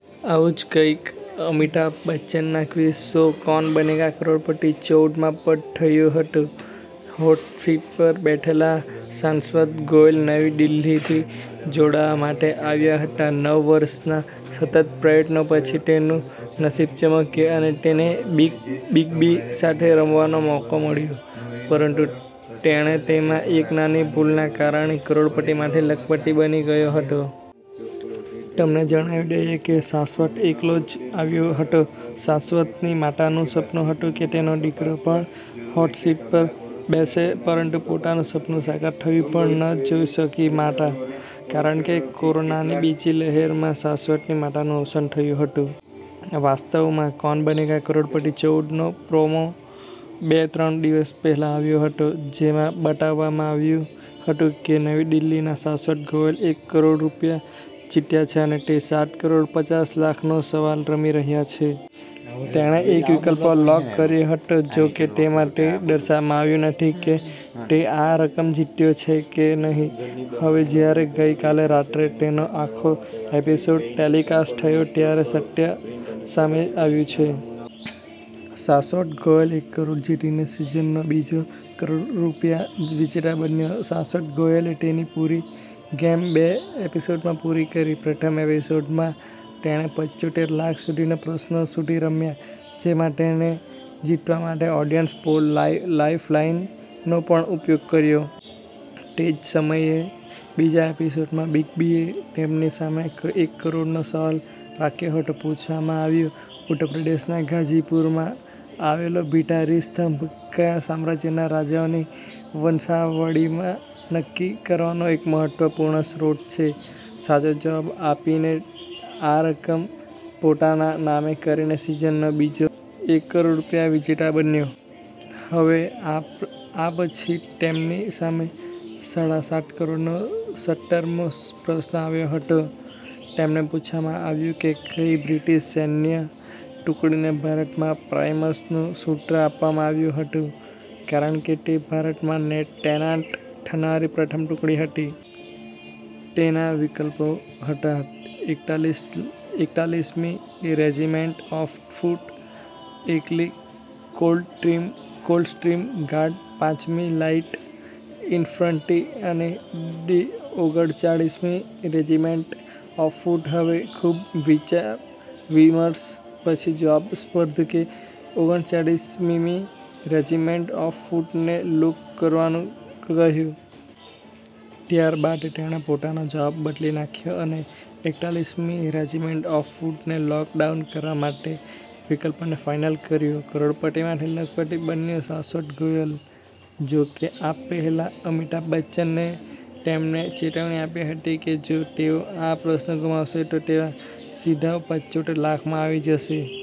આવું જ કંઈક અમિતાભ બચ્ચનના ક્વિઝ શો 'કૌન બનેગા કરોડપતિ ચૌદ 'માં થયું હતું. હોટ સીટ પર બેઠેલા શાશ્વત ગોયલ નવી દિલ્હીથી જોડાવા માટે આવ્યા હતા. નવ વર્ષના સતત પ્રયત્નો પછી, તેનું નસીબ ચમક્યું અને તેને બિગ બી સાથે રમવાનો મોકો મળ્યો, પરંતુ તેણે તેમાં એક નાની ભૂલના કારણે કરોડપતિ માંથી લખપતિ બની ગયો હતો. તમને જણાવી દઈએ કે, શાશ્વત એકલો જ આવ્યો હતો. શાશ્વતની માતાનું સપનું હતું કે, તેનો દીકરો પણ હોટસીટ પર બેસે પરંતુ પોતાનું સપનું સાકાર થતું પણ ન જોઈ શકી માતા. કારણ કે, કોરોનાની બીજી લહેરમાં શાશ્વતની માતાનું અવસાન થયું હતું. વાસ્તવમાં 'કૌન બનેગા કરોડપતિ ચૌદ'નો પ્રોમો બે-ત્રણ દિવસ પહેલા આવ્યો હતો. જેમાં બતાવવામાં આવ્યું હતું કે નવી દિલ્હીના શાશ્વત ગોયલ એક કરોડ રૂપિયા જીત્યા છે અને તે સાત કરોડ પચાસ લાખનો સવાલ રમી રહ્યા છે. તેણે એક વિકલ્પ લોક કર્યો હતો. જો કે, તેમાં તે દર્શાવવામાં આવ્યું નથી કે તે આ રકમ જીત્યો છે કે નહિ. હવે જ્યારે ગઈકાલે રાત્રે તેનો આખો એપિસોડ ટેલિકાસ્ટ થયો ત્યારે સત્ય સામે આવ્યું છે. શાશ્વત ગોયલ એક કરોડ જીતીને સિઝનનો બીજો કરોડ રૂપિયા વિજેતા બન્યો. શાસ્વત ગોયલે તેની પૂરી ગેમ બે એપિસોડમાં પૂરી કરી. પ્રથમ એપિસોડમાં, તેણે પંચોતેર લાખ સુધીનો પ્રશ્ન સુધી રમ્યા, જેમાં તેણે જીતવા માટે ઓડીયન્સ પોલ લાઈફલાઈનનો પણ ઉપયોગ કર્યો. તે જ સમયે, બીજા એપિસોડમાં બિગ બીએ તેમની સામે એક કરોડનો સવાલ રાખ્યો હતો. પૂછવામાં આવ્યું- ઉત્તર પ્રદેશના ગાઝીપુરમાં આવેલો ભીટારી સ્તંભ કયા સામ્રાજ્યના રાજાઓની વંશાવળી નક્કી કરવાનો એક મહત્વપૂર્ણ સ્ત્રોત છે? સાચો જવાબ આપીને તે આ રકમ પોતાના નામે કરીને સિઝનનો બીજો એક કરોડ રૂપિયા વિજેતા બન્યો. હવે આ પછી તેમની સામે સાડા સાત કરોડનો સત્તરમો પ્રશ્ન આવ્યો હતો. તેમને પૂછવામાં આવ્યું કે- કઈ બ્રિટિશ સૈન્ય ટુકડીને ભારતમાં પ્રાઈમસનું સૂત્ર આપવામાં આવ્યું હતું કારણ કે તે ભારતમાં તૈનાત થનારી પ્રથમ ટુકડી હતી? તેના વિકલ્પો હતા એકતાલીસ મી રેજિમેન્ટ ઓફ ફૂટ, એકલી કોલ્ડસ્ટ્રીમ ગાર્ડ, પાંચમી લાઇટ ઇન્ફન્ટ્રી અને ડી ઓગડચાળીસમી રેજિમેન્ટ ઓફ ફૂટ. હવે ખૂબ વિચાર-વિમર્શ પછી જવાબ, સ્પર્ધ કે ઓગડચાળીસમીમી રેજિમેન્ટ ઓફ ફૂટને લોક કરવાનું કહ્યું. ત્યારબાદ તેણે પોતાનો જવાબ બદલી નાખ્યો અને એકતાલીસમી રેજિમેન્ટ ઓફ ફૂટને લોક ડાઉન કરવા માટે વિકલ્પને ફાઈનલ કર્યો. કરોડપતિમાંથી લખપતિ બન્યો શાશ્વત ગોયલ જો કે, આ પહેલા અમિતાભ બચ્ચને તેમને ચેતવણી આપી હતી કે જો તેઓ આ પ્રશ્ન ગુમાવશે તો તેઓ સીધા પંચોતેર લાખમાં આવી જશે.